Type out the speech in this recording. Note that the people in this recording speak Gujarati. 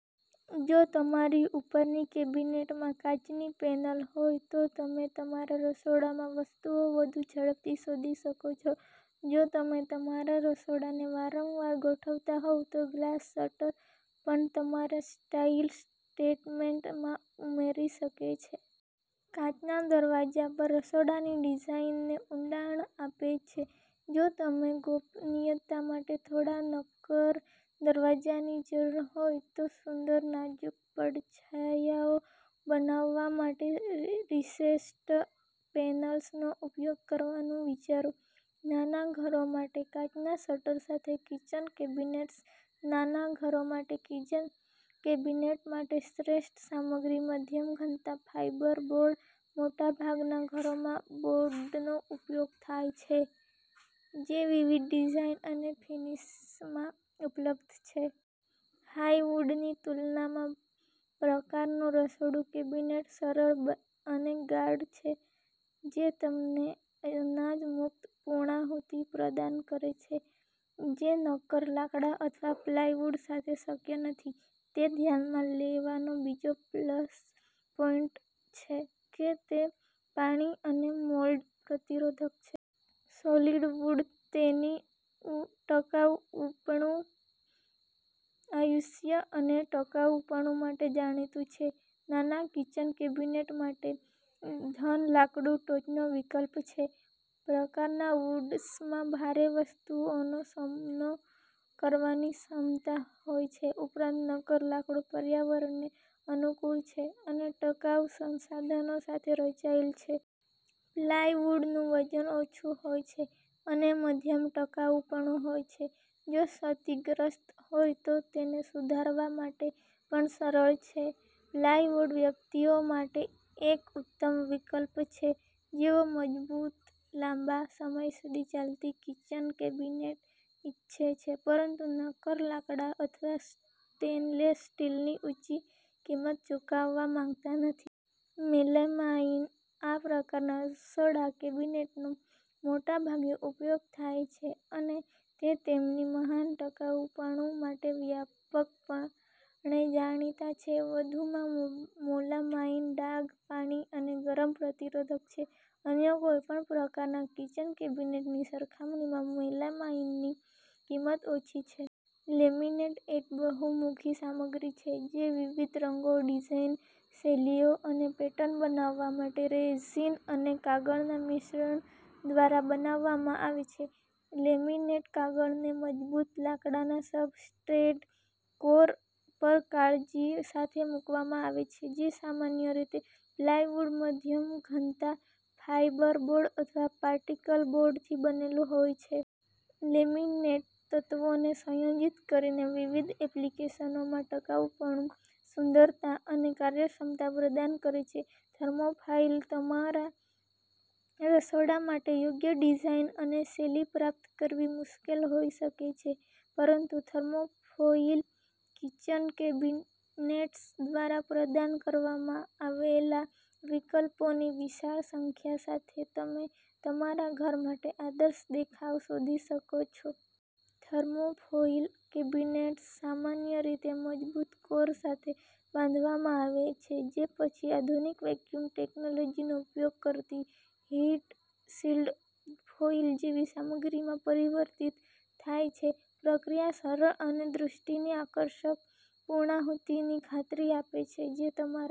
જો તમારી ઉપરની કેબિનેટમાં કાચની પેનલ હોય તો તમે તમારા રસોડામાં વસ્તુઓ વધુ ઝડપથી શોધી શકો છો. જો તમે તમારા રસોડાને વારંવાર ગોઠવતા હોવ તો ગ્લાસ શટર પણ તમારા સ્ટાઇલ સ્ટેટમેન્ટમાં ઉમેરી શકે છે. કાચના દરવાજા પણ રસોડાની ડિઝાઇનને ઊંડાણ આપે છે. જો તમને ગોપનીયતા માટે થોડા નક્કર દરવાજાની જરૂર હોય, તો સુંદર, નાજુક પડછાયાઓ બનાવવા માટે રિસેસ્ડ પેનલ્સનો ઉપયોગ કરવાનું વિચારો. નાના ઘરો માટે કાચના શટર સાથે કિચન કેબિનેટ્સ નાના ઘરો માટે કિચન કેબિનેટ માટે શ્રેષ્ઠ સામગ્રી મધ્યમ-ઘનતા ફાઇબરબોર્ડ મોટાભાગના ઘરોમાં બોર્ડનો ઉપયોગ થાય છે, જે વિવિધ ડિઝાઇન અને ફિનિશમાં ઉપલબ્ધ છે. હાર્ડવુડની તુલનામાં, પ્રકારનું રસોડું કેબિનેટ સરળ અને ગાઢ છે, જે તમને અનાજ-મુક્ત પૂર્ણાહુતિ પ્રદાન કરે છે જે નક્કર લાકડા અથવા પ્લાયવુડ સાથે શક્ય નથી. ને ધ્યાનમાં લેવાનો બીજો પ્લસ પોઈન્ટછે કે તે પાણી અને મોલ્ડ પ્રતિરોધક છે. સોલિડ વુડતેની ટકાઉપણું, આયુષ્ય અને ટકાઉપણું માટે જાણીતું છે, નાના કિચન કેબિનેટ માટે ઘન લાકડું ટોચનો વિકલ્પ છે. પ્રકારના વૂડ્સમાં ભારે વસ્તુઓનો સામનો કરવાની ક્ષમતા હોય છે. ઉપરાંત, નક્કર લાકડું પર્યાવરણને અનુકૂળ છે અને ટકાઉ સંસાધનો સાથે રચાયેલ છે. પ્લાયવુડનું વજન ઓછું હોય છે, અને મધ્યમ ટકાઉપણું હોય છે. જો ક્ષતિગ્રસ્ત હોય તો તેને સુધારવા માટે પણ સરળ છે. પ્લાયવુડ વ્યક્તિઓ માટે એક ઉત્તમ વિકલ્પ છે જેઓ મજબૂત, લાંબા સમય સુધી ચાલતી કિચન કેબિનેટ ઇચ્છે છે પરંતુ નક્કર લાકડા અથવા સ્ટેનલેસ સ્ટીલની ઊંચી કિંમત ચૂકવવા માંગતા નથી. મેલામાઇન આ પ્રકારના રસોડા કેબિનેટનો મોટાભાગે ઉપયોગ થાય છે અને તે તેમની મહાન ટકાઉપણું માટે વ્યાપકપણે જાણીતા છે. વધુમાં, મેલામાઇન ડાઘ, પાણી અને ગરમી પ્રતિરોધક છે. અન્ય કોઈપણ પ્રકારના કિચન કેબિનેટની સરખામણીમાં મેલામાઈનની કિંમત ઓછી છે. લેમિનેટએક બહુમુખી સામગ્રી છે જે વિવિધ રંગો, ડિઝાઇન, શૈલીઓ અને પેટર્ન બનાવવા માટે રેઝિન અને કાગળના મિશ્રણ દ્વારા બનાવવામાં આવે છે. લેમિનેટ કાગળને મજબૂત લાકડાના સબસ્ટ્રેટ કોર પર કાળજી સાથે મૂકવામાં આવે છે, જે સામાન્ય રીતે પ્લાયવુડ, મધ્યમ-ઘનતા ફાઇબરબોર્ડ અથવા પાર્ટિકલબોર્ડથી બનેલું હોય છે. લેમિનેટતત્વોને સંયોજિત કરીને વિવિધ એપ્લિકેશનોમાં ટકાઉપણું, સુંદરતા અને કાર્યક્ષમતા પ્રદાન કરે છે. થર્મોફોઇલતમારા રસોડા માટે યોગ્ય ડિઝાઇન અને શૈલી પ્રાપ્ત કરવી મુશ્કેલ હોઈ શકે છે, પરંતુ થર્મોફોઇલ કિચન કેબિનેટ્સ દ્વારા પ્રદાન કરવામાં આવેલા વિકલ્પોની વિશાળ સંખ્યા સાથે, તમે તમારા ઘર માટે આદર્શ દેખાવ શોધી શકો છો. થર્મોફોઇલ કેબિનેટ્સ સામાન્ય રીતે મજબૂત કોર સાથે બાંધવામાં આવે છે જે પછી આધુનિક વેક્યૂમ ટેક્નોલોજીનો ઉપયોગ કરતી હીટ-સીલ્ડ ફોઇલ જેવી સામગ્રીમાં પરિવર્તિત થાય છે. પ્રક્રિયા સરળ અને દૃષ્ટિની આકર્ષક પૂર્ણાહુતિની ખાતરી આપે છે જે તમારા